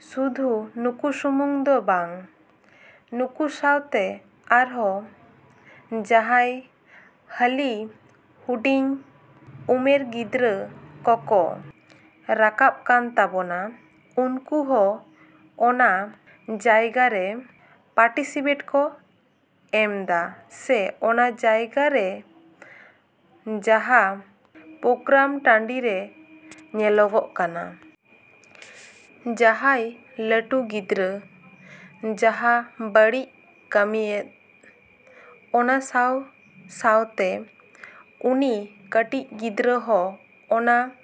ᱥᱩᱫᱩ ᱱᱩᱠᱩ ᱥᱩᱢᱟᱝ ᱫᱚ ᱵᱟᱝ, ᱱᱩᱠᱩ ᱥᱟᱶᱛᱮ ᱟᱨᱦᱚᱸ ᱡᱟᱦᱟᱸᱭ ᱦᱟᱹᱞᱤ ᱦᱩᱰᱤᱧ ᱩᱢᱮᱨ ᱜᱤᱫᱽᱨᱟᱹ ᱠᱚᱠᱚ ᱨᱟᱠᱟᱵ ᱠᱟᱱ ᱛᱟᱵᱚᱱᱟ, ᱩᱱᱠᱩ ᱦᱚᱸ ᱚᱱᱟ ᱡᱟᱭᱜᱟ ᱨᱮ ᱯᱟᱴᱤᱥᱤᱯᱮᱴ ᱠᱚ ᱮᱢᱮᱫᱟ ᱥᱮ ᱚᱱᱟ ᱡᱟᱭᱜᱟ ᱨᱮ ᱡᱟᱦᱟᱸ ᱯᱨᱳᱜᱨᱟᱢ ᱴᱟᱺᱰᱤ ᱨᱮ ᱧᱮᱞᱚᱜ ᱠᱟᱱᱟ᱾ ᱡᱟᱦᱟᱭ ᱞᱟᱹᱴᱩ ᱜᱤᱫᱽᱨᱟᱹ ᱡᱟᱦᱟᱸ ᱵᱟᱹᱲᱤᱡ ᱠᱟᱹᱢᱤᱭᱮᱫ, ᱚᱱᱟ ᱥᱟᱶ ᱥᱟᱶᱛᱮ ᱩᱱᱤ ᱠᱟᱹᱴᱤᱡ ᱜᱤᱫᱽᱨᱟᱹ ᱦᱚᱸ ᱚᱱᱟ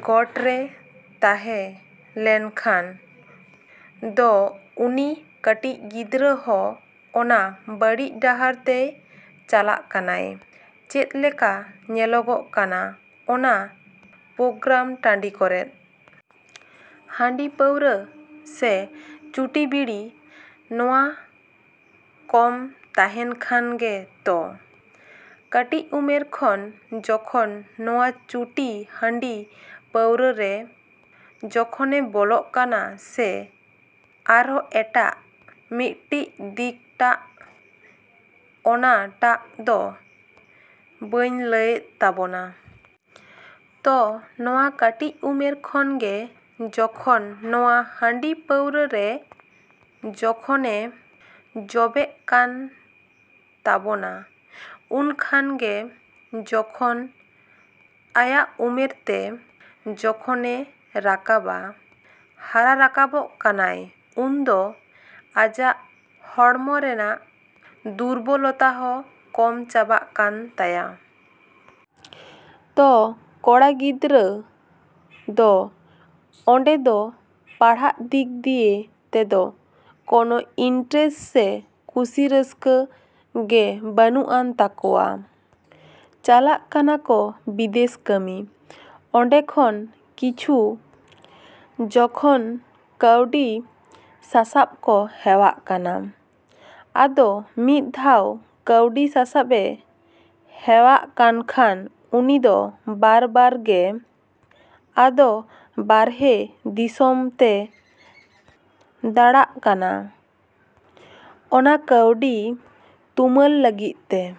ᱜᱚᱴ ᱨᱮᱭ ᱛᱟᱦᱮᱸ ᱞᱮᱱ ᱠᱷᱟᱱ ᱫᱚ ᱩᱱᱤ ᱠᱟᱹᱴᱤᱡ ᱜᱤᱫᱽᱨᱟᱹ ᱦᱚᱸ ᱚᱱᱟ ᱵᱟᱹᱲᱤᱡ ᱰᱟᱦᱟᱨ ᱛᱮᱭ ᱪᱟᱞᱟᱜ ᱠᱟᱱᱟ᱾ ᱪᱮᱫ ᱞᱮᱠᱟ ᱧᱮᱞᱚᱜ ᱠᱟᱱᱟ ᱚᱱᱟ ᱯᱨᱳᱜᱨᱟᱢ ᱴᱟᱺᱰᱤ ᱠᱚᱨᱮ? ᱦᱟᱺᱰᱤ ᱯᱟᱹᱣᱨᱟᱹ ᱥᱮ ᱪᱩᱴᱤ ᱵᱤᱲᱤ ᱱᱚᱣᱟ ᱠᱚᱢᱟ ᱛᱟᱦᱮᱱ ᱠᱟᱱ ᱜᱮ ᱛᱚ᱾ ᱠᱟᱹᱴᱤᱡ ᱩᱢᱮᱨ ᱠᱷᱚᱱ ᱡᱚᱠᱷᱚᱱ ᱱᱚᱣᱟ ᱪᱩᱴᱤ ᱦᱟᱺᱰᱤ ᱯᱟᱹᱣᱨᱟᱹ ᱨᱮ ᱡᱚᱠᱷᱚᱱᱮ ᱵᱚᱞᱚᱜ ᱠᱟᱱᱟ ᱥᱮ ᱟᱨᱦᱚᱸ ᱮᱴᱟᱜ ᱢᱤᱫᱴᱤᱡ ᱫᱤᱠ ᱴᱟᱜ ᱚᱱᱟ ᱴᱟᱜ ᱫᱚ ᱵᱟᱹᱧ ᱞᱟᱹᱭᱮᱫ ᱛᱟᱵᱚᱱᱟ᱾ ᱛᱚ ᱱᱚᱣᱟ ᱠᱟᱹᱴᱤᱡ ᱩᱢᱮᱨ ᱠᱷᱚᱱ ᱜᱮ ᱡᱚᱠᱷᱚᱱ ᱱᱚᱣᱟ ᱦᱟᱺᱰᱤ ᱯᱟᱹᱣᱨᱟᱹ ᱨᱮ ᱡᱚᱠᱷᱚᱱᱮ ᱡᱚᱵᱮᱫ ᱠᱟᱱ ᱛᱟᱵᱚᱱᱟ, ᱩᱱ ᱠᱷᱟᱱ ᱜᱮ ᱡᱚᱠᱷᱚᱱ ᱟᱭᱟᱜ ᱩᱢᱮᱨ ᱛᱮ ᱡᱚᱠᱷᱚᱱᱮ ᱨᱟᱠᱟᱵᱟ, ᱦᱟᱨᱟ ᱨᱟᱠᱟᱵᱚᱜ ᱠᱟᱱᱟ, ᱩᱱᱫᱚ ᱟᱭᱟᱜ ᱦᱚᱲᱢᱚ ᱨᱮᱱᱟᱜ ᱫᱩᱨᱵᱚᱞᱚᱛᱟ ᱦᱚᱸ ᱠᱚᱢ ᱪᱟᱞᱟᱜ ᱠᱟᱱ ᱛᱟᱭᱟ᱾ ᱛᱚ ᱠᱚᱲᱟ ᱜᱤᱫᱟᱹᱨᱟᱜ ᱫᱚ ᱱᱚᱰᱮ ᱫᱚ ᱯᱟᱲᱦᱟᱜ ᱫᱤᱠ ᱫᱤᱭᱮ ᱛᱮᱫᱚ ᱠᱚᱱᱚ ᱤᱱᱴᱨᱟᱥᱴ ᱥᱮ ᱠᱩᱥᱤ ᱨᱟᱹᱥᱠᱟᱹ ᱜᱮ ᱵᱟᱱᱩᱜᱼᱟᱱ ᱛᱟᱠᱚᱣᱟ᱾ ᱪᱟᱞᱟᱜ ᱠᱟᱱᱟ ᱠᱚ ᱵᱤᱫᱮᱥ ᱠᱟᱹᱢᱤ, ᱚᱸᱰᱮ ᱠᱷᱚᱱ ᱠᱤᱪᱷᱩ ᱡᱚᱠᱷᱚᱱ ᱠᱟᱹᱣᱰᱤ ᱥᱟᱥᱟᱵ ᱠᱚ ᱦᱮᱣᱟᱜ ᱠᱟᱱᱟ, ᱟᱫᱚ ᱢᱤᱫ ᱫᱷᱟᱣ ᱠᱟᱹᱣᱰᱤ ᱥᱟᱥᱟᱵᱮ ᱦᱮᱣᱟᱜ ᱠᱟᱱ ᱠᱷᱟᱱ ᱩᱱᱤ ᱫᱚ ᱵᱟᱨᱼᱵᱟᱨ ᱜᱮ ᱟᱫᱚ ᱵᱟᱨᱦᱮ ᱫᱤᱥᱚᱢ ᱛᱮ ᱫᱟᱹᱲᱟᱜ ᱠᱟᱱᱟ ᱚᱱᱟ ᱠᱟᱹᱣᱰᱤ ᱛᱩᱢᱟᱹᱞ ᱞᱟᱹᱜᱤᱫ ᱛᱮ᱾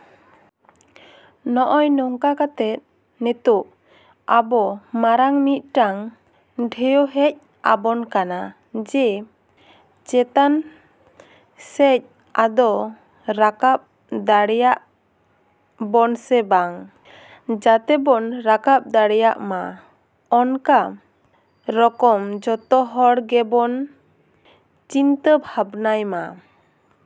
ᱱᱚᱜᱼᱚᱭ ᱱᱚᱝᱠᱟ ᱠᱟᱛᱮ ᱱᱤᱛᱚᱜ ᱟᱵᱚ ᱢᱟᱨᱟᱝ ᱢᱤᱫᱴᱟᱝ ᱰᱷᱮᱣ ᱦᱮᱡ ᱟᱵᱚᱱ ᱠᱟᱱᱟ ᱡᱮ ᱪᱮᱛᱟᱱ ᱥᱮᱡ ᱟᱫᱚ ᱨᱟᱠᱟᱵ ᱫᱟᱲᱮᱭᱟᱜ ᱵᱚᱱ ᱥᱮ ᱵᱟᱝ? ᱡᱟᱛᱮ ᱵᱚᱱ ᱨᱟᱠᱟᱢ ᱫᱟᱲᱮᱭᱟᱜ ᱢᱟ ᱚᱱᱠᱟ ᱨᱚᱠᱚᱢ ᱡᱚᱛᱚ ᱦᱚᱲ ᱜᱮᱵᱚᱱ ᱪᱤᱱᱛᱟᱹ ᱵᱷᱟᱵᱱᱟᱭᱢᱟ। ‎